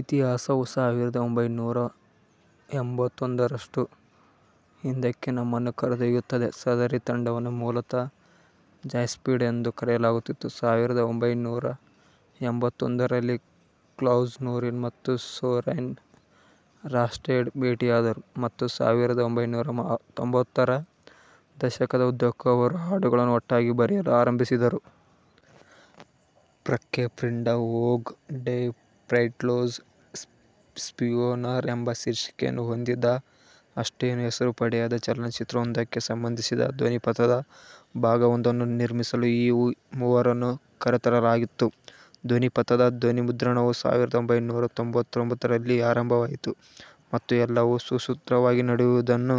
ಇತಿಹಾಸವು ಸಾವಿರದ ಒಂಭೈನೂರ ಎಂಬತ್ತೊಂಬತ್ತರಷ್ಟು ಹಿಂದಕ್ಕೆ ನಮ್ಮನ್ನು ಕರೆದೊಯ್ಯುತ್ತದೆ. ಸದರಿ ತಂಡವನ್ನು ಮೂಲತಃ ಜಾಯ್ಸ್ಪೀಡ್ ಎಂದು ಕರೆಯಲಾಗುತ್ತಿತ್ತು. ಸಾವಿರದ ಒಂಭೈನೂರ ಎಂಬತ್ತೊಂಬತ್ತರಲ್ಲಿ ಕ್ಲೌಸ್ ನೊರೀನ್ ಮತ್ತು ಸೋರೆನ್ ರಾಸ್ಟೆಡ್ ಭೇಟಿಯಾದರು, ಮತ್ತು ಸಾವಿರದ ಒಂಭೈನೂರ ತ್ತೊಂಬತ್ತರ ದಶಕದ ಉದ್ದಕ್ಕೂ ಅವರು ಹಾಡುಗಳನ್ನು ಒಟ್ಟಾಗಿ ಬರೆಯಲು ಆರಂಭಿಸಿದರು. ಫ್ರೇಕ್ಕೆ ಫ್ರಿಂಡಾ ಒಗ್ ಡೆ ಫ್ರೈಟ್ಲೋಸ್ ಸ್ಪಿಯೋನರ್ ಎಂಬ ಶೀರ್ಷಿಕೆಯನ್ನು ಹೊಂದಿದ್ದ, ಅಷ್ಟೇನೂ ಹೆಸರು ಪಡೆಯದ ಚಲನಚಿತ್ರವೊಂದಕ್ಕೆ ಸಂಬಂಧಿಸಿದ ಧ್ವನಿಪಥದ ಭಾಗವೊಂದನ್ನು ನಿರ್ಮಿಸಲು ಈ ಮೂವರನ್ನೂ ಕರೆತರಲಾಗಿತ್ತು. ಧ್ವನಿಪಥದ ಧ್ವನಿಮುದ್ರಣವು ಸಾವಿರದ ಒಂಭೈನೂರ ತ್ತೊಂಬತ್ಮೂರರಲ್ಲಿ ಆರಂಭವಾಯಿತು, ಮತ್ತು ಎಲ್ಲವೂ ಸುಸೂತ್ರವಾಗಿ ನಡೆದುದನ್ನು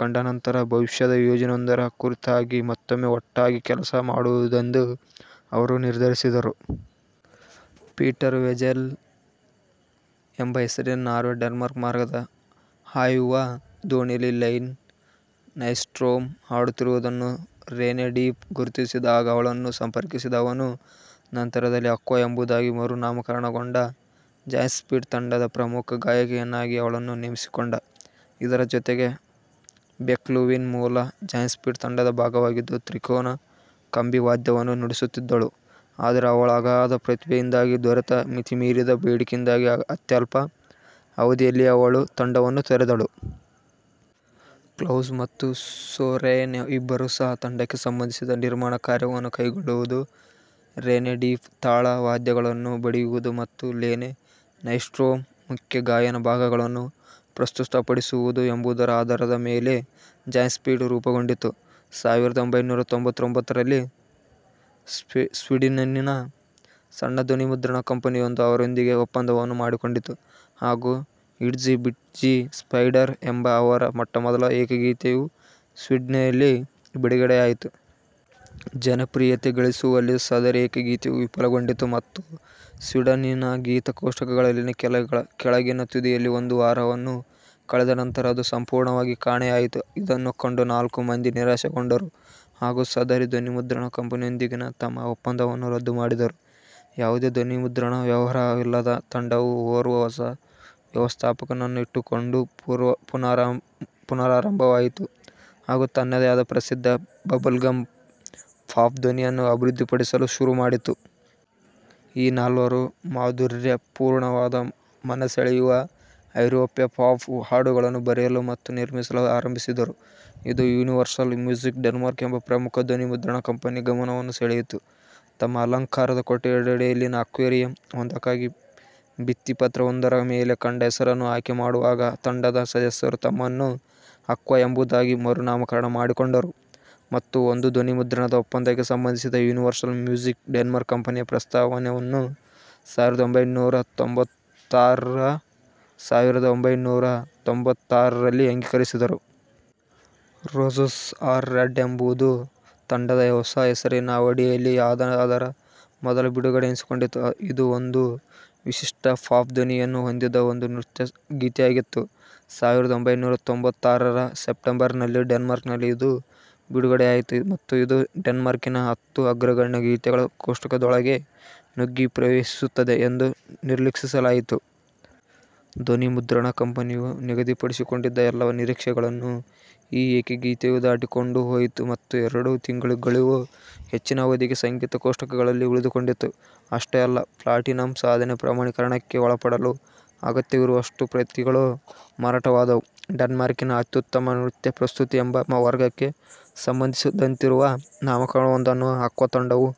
ಕಂಡನಂತರ, ಭವಿಷ್ಯದ ಯೋಜನೆಯೊಂದರ ಕುರಿತಾಗಿ ಮತ್ತೊಮ್ಮೆ ಒಟ್ಟಾಗಿ ಕೆಲಸ ಮಾಡುವುದೆಂದು ಅವರು ನಿರ್ಧರಿಸಿದರು. ಪೀಟರ್ ವೆಸ್ಸೆಲ್ ಎಂಬ ಹೆಸರಿನ ನಾರ್ವೆ–ಡೆನ್ಮಾರ್ಕ್ ಮಾರ್ಗದ ಹಾಯುವ ದೋಣಿಯಲ್ಲಿ ಲೆನೆ ನೈಸ್ಟ್ರೋಮ್ ಹಾಡುತ್ತಿರುವುದನ್ನು ರೆನೆ ಡಿಫ್ ಗುರುತಿಸಿದ. ಆಗ ಅವಳನ್ನು ಸಂಪರ್ಕಿಸಿದ ಅವನು, ನಂತರದಲ್ಲಿ ಆಕ್ವಾ ಎಂಬುದಾಗಿ ಮರುನಾಮಕರಣಗೊಂಡ ಜಾಯ್ಸ್ಪೀಡ್ ತಂಡದ ಪ್ರಮುಖ ಗಾಯಕಿಯನ್ನಾಗಿ ಅವಳನ್ನು ನೇಮಿಸಿಕೊಂಡ. ಇದರ ಜೊತೆಗೆ, ಬೆಕ್ ಲುವೀನ್ ಮೂಲ ಜಾಯ್ಸ್ಪೀಡ್ ತಂಡದ ಭಾಗವಾಗಿದ್ದು, ತ್ರಿಕೋನ ಕಂಬಿವಾದ್ಯವನ್ನು ನುಡಿಸುತ್ತಿದ್ದಳು; ಆದರೆ ಅವಳ ಅಗಾಧ ಪ್ರತಿಭೆಯಿಂದಾಗಿ ದೊರೆತ ಮಿತಿಮೀರಿದ ಬೇಡಿಕೆಯಿಂದಾಗಿ ಅತ್ಯಲ್ಪ ಅವಧಿಯಲ್ಲಿಯೇ ಅವಳು ತಂಡವನ್ನು ತೊರೆದಳು. ಕ್ಲೌಸ್ ಮತ್ತು ಸೋರೆನ್ ಇಬ್ಬರೂ ಸಹ ತಂಡಕ್ಕೆ ಸಂಬಂಧಿಸಿದ ನಿರ್ಮಾಣಕಾರ್ಯವನ್ನು ಕೈಗೊಳ್ಳುವುದು, ರೆನೆ ಡಿಫ್ ತಾಳವಾದ್ಯಗಳನ್ನು ಬಡಿಯುವುದು ಮತ್ತು ಲೆನೆ ನೈಸ್ಟ್ರೋಮ್ ಮುಖ್ಯ ಗಾಯನ ಭಾಗಗಳನ್ನು ಪ್ರಸ್ತುತಪಡಿಸುವುದು ಎಂಬುದರ ಆಧಾರದ ಮೇಲೆ ಜಾಯ್ಸ್ಪೀಡ್ ರೂಪುಗೊಂಡಿತ್ತು. ಸಾವಿರದ ಒಂಭೈನೂರ ತ್ತೊಂಬತ್ನಾಲ್ಕರಲ್ಲಿ ಸ್ವೀಡನ್ನಿನ ಸಣ್ಣ ಧ್ವನಿಮುದ್ರಣ ಕಂಪನಿಯೊಂದು ಅವರೊಂದಿಗೆ ಒಪ್ಪಂದವನ್ನು ಮಾಡಿಕೊಂಡಿತು, ಹಾಗೂ "ಇಟ್ಜಿ ಬಿಟ್ಜಿ ಸ್ಪೈಡರ್" ಎಂಬ ಅವರ ಮೊಟ್ಟಮೊದಲ ಏಕಗೀತೆಯು ಸ್ವೀಡನ್ನಲ್ಲಿ ಬಿಡುಗಡೆಯಾಯಿತು. ಜನಪ್ರಿಯತೆ ಗಳಿಸುವಲ್ಲಿ ಸದರಿ ಏಕಗೀತೆಯು ವಿಫಲಗೊಂಡಿತು ಮತ್ತು ಸ್ವೀಡನ್ನಿನ ಗೀತ-ಕೋಷ್ಟಕಗಳಲ್ಲಿನ ಕೆಳಗಿನ ತುದಿಯಲ್ಲಿ ಒಂದು ವಾರವನ್ನು ಕಳೆದ ನಂತರ ಅದು ಸಂಪೂರ್ಣವಾಗಿ ಕಾಣೆಯಾಯಿತು. ಇದನ್ನು ಕಂಡು ನಾಲ್ಕೂ ಮಂದಿ ನಿರಾಶೆಗೊಂಡರು ಹಾಗೂ ಸದರಿ ಧ್ವನಿಮುದ್ರಣ ಕಂಪನಿಯೊಂದಿಗಿನ ತಮ್ಮ ಒಪ್ಪಂದವನ್ನು ರದ್ದುಮಾಡಿದರು. ಯಾವುದೇ ಧ್ವನಿಮುದ್ರಣ ವ್ಯವಹಾರವಿಲ್ಲದ ತಂಡವು ಓರ್ವ ಹೊಸ ವ್ಯವಸ್ಥಾಪಕನನ್ನು ಇಟ್ಟುಕೊಂಡು ಪುನರಾರಂಭವಾಯಿತು ಹಾಗೂ ತನ್ನದೇ ಆದ ಪ್ರಸಿದ್ಧ ಬಬಲ್ಗಮ್ ಪಾಪ್ ಧ್ವನಿಯನ್ನು ಅಭಿವೃದ್ಧಿಪಡಿಸಲು ಶುರುಮಾಡಿತು. ಈ ನಾಲ್ವರೂ ಮಾಧುರ್ಯಪೂರ್ಣವಾದ, ಮನಸೆಳೆಯುವ ಐರೋಪ್ಯ ಪಾಪ್ ಹಾಡುಗಳನ್ನು ಬರೆಯಲು ಮತ್ತು ನಿರ್ಮಿಸಲು ಆರಂಭಿಸಿದರು. ಇದು ಯೂನಿವರ್ಸಲ್ ಮ್ಯೂಸಿಕ್ ಡೆನ್ಮಾರ್ಕ್ ಎಂಬ ಪ್ರಮುಖ ಧ್ವನಿಮುದ್ರಣ ಕಂಪನಿಯ ಗಮನವನ್ನು ಸೆಳೆಯಿತು. ತಮ್ಮ ಅಲಂಕಾರದ ಕೊಠಡಿಯಲ್ಲಿನ ಆಕ್ವೇರಿಯಂ ಒಂದಕ್ಕಾಗಿ ಭಿತ್ತಿಪತ್ರವೊಂದರ ಮೇಲೆ ಕಂಡ ಹೆಸರನ್ನು ಆಯ್ಕೆಮಾಡುವಾಗ, ತಂಡದ ಸದಸ್ಯರು ತಮ್ಮನ್ನು ಆಕ್ವಾ ಎಂಬುದಾಗಿ ಮರುನಾಮಕರಣ ಮಾಡಿಕೊಂಡರು, ಮತ್ತು ಒಂದು ಧ್ವನಿಮುದ್ರಣದ ಒಪ್ಪಂದಕ್ಕೆ ಸಂಬಂಧಿಸಿದ ಯೂನಿವರ್ಸಲ್ ಮ್ಯೂಸಿಕ್ ಡೆನ್ಮಾರ್ಕ್ ಕಂಪನಿಯ ಪ್ರಸ್ತಾವವನ್ನು ಸಾವಿರದ ಒಂಭೈನೂರ ತ್ತೊಂಬತ್ತಾರಸಾವಿರದ ಒಂಭೈನೂರ ತ್ತೊಂಬತ್ತಾರರಲ್ಲಿ ಅಂಗೀಕರಿಸಿದರು. "ರೋಸಸ್ ಆರ್ ರೆಡ್" ಎಂಬುದು ತಂಡದ ಹೊಸ ಹೆಸರಿನ ಅಡಿಯಲ್ಲಿ ಆದ ಅದರ ಮೊದಲ ಬಿಡುಗಡೆ ಎನಿಸಿಕೊಂಡಿತು. ಇದು ಒಂದು ವಿಶಿಷ್ಟ ಪಾಪ್ ಧ್ವನಿಯನ್ನು ಹೊಂದಿದ್ದ ಒಂದು ನೃತ್ಯಗೀತೆಯಾಗಿತ್ತು. ಸಾವಿರದ ಒಂಭೈನೂರ ತ್ತೊಂಬತ್ತಾರರ ಸೆಪ್ಟೆಂಬರ್ನಲ್ಲಿ, ಡೆನ್ಮಾರ್ಕ್ನಲ್ಲಿ ಇದು ಬಿಡುಗಡೆಯಾಯಿತು, ಮತ್ತು ಇದು ಡೆನ್ಮಾರ್ಕಿನ ಹತ್ತು ಅಗ್ರಗಣ್ಯ ಗೀತೆಗಳ ಕೋಷ್ಟಕದೊಳಗೆ ನುಗ್ಗಿ ಪ್ರವೇಶಿಸುತ್ತದೆ ಎಂದು ನಿರೀಕ್ಷಿಸಲಾಯಿತು. ಧ್ವನಿಮುದ್ರಣ ಕಂಪನಿಯು ನಿಗದಿಪಡಿಸಿಕೊಂಡಿದ್ದ ಎಲ್ಲಾ ನಿರೀಕ್ಷೆಗಳನ್ನು ಈ ಏಕಗೀತೆಯು ದಾಟಿಕೊಂಡು ಹೋಯಿತು, ಮತ್ತು ಎರಡು ತಿಂಗಳುಗಳಿಗೂ ಹೆಚ್ಚಿನ ಅವಧಿಗೆ ಸಂಗೀತ-ಕೋಷ್ಟಕಗಳಲ್ಲಿ ಉಳಿದುಕೊಂಡಿತು. ಅಷ್ಟೇ ಅಲ್ಲ, ಪ್ಲಾಟಿನಂ ಸಾಧನೆಯ ಪ್ರಮಾಣೀಕರಣಕ್ಕೆ ಒಳಪಡಲು ಅಗತ್ಯವಿರುವಷ್ಟು ಪ್ರತಿಗಳು ಮಾರಾಟವಾದವು. "ಡೆನ್ಮಾರ್ಕಿನ ಅತ್ಯುತ್ತಮ ನೃತ್ಯ ಪ್ರಸ್ತುತಿ" ಎಂಬ ವರ್ಗಕ್ಕೆ ಸಂಬಂಧಿಸಿದಂತಿರುವ ನಾಮಕರಣವೊಂದನ್ನು ಆಕ್ವಾ ತಂಡವು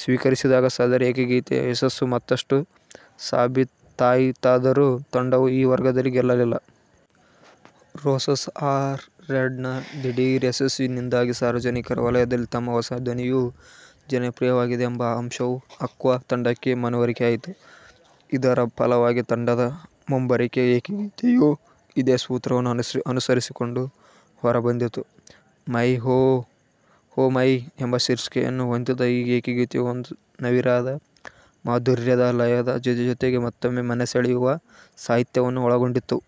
ಸ್ವೀಕರಿಸಿದಾಗ ಸದರಿ ಏಕಗೀತೆಯ ಯಶಸ್ಸು ಮತ್ತಷ್ಟು ಸಾಬೀತಾಯಿತಾದರೂ, ತಂಡವು ಈ ವರ್ಗದಲ್ಲಿ ಗೆಲ್ಲಲಿಲ್ಲ. "ರೋಸಸ್ ಆರ್ ರೆಡ್"ನ ದಿಢೀರ್ ಯಶಸ್ಸಿನಿಂದಾಗಿ, ಸಾರ್ವಜನಿಕರ ವಲಯದಲ್ಲಿ ತಮ್ಮ ಹೊಸ ಧ್ವನಿಯು ಜನಪ್ರಿಯವಾಗಿದೆ ಎಂಬ ಅಂಶವು ಆಕ್ವಾ ತಂಡಕ್ಕೆ ಮನವರಿಕೆಯಾಯಿತು. ಇದರ ಫಲವಾಗಿ ತಂಡದ ಮುಂಬರಿಕೆ ಏಕಗೀತೆಯು ಇದೇ ಸೂತ್ರವನ್ನು ಅನುಸರಿಸಿಕೊಂಡು ಹೊರಬಂದಿತು. "ಮೈ ಓಹ್ ಮೈ" ಎಂಬ ಶೀರ್ಷಿಕೆಯನ್ನು ಹೊಂದಿದ್ದ ಈ ಏಕಗೀತೆಯು, ಒಂದು ನವಿರಾದ, ಮಾಧುರ್ಯದ ಲಯದ ಜೊತೆಜೊತೆಗೆ ಮತ್ತೊಮ್ಮೆ ಮನಸೆಳೆಯುವ ಸಾಹಿತ್ಯವನ್ನು ಒಳಗೊಂಡಿತ್ತು.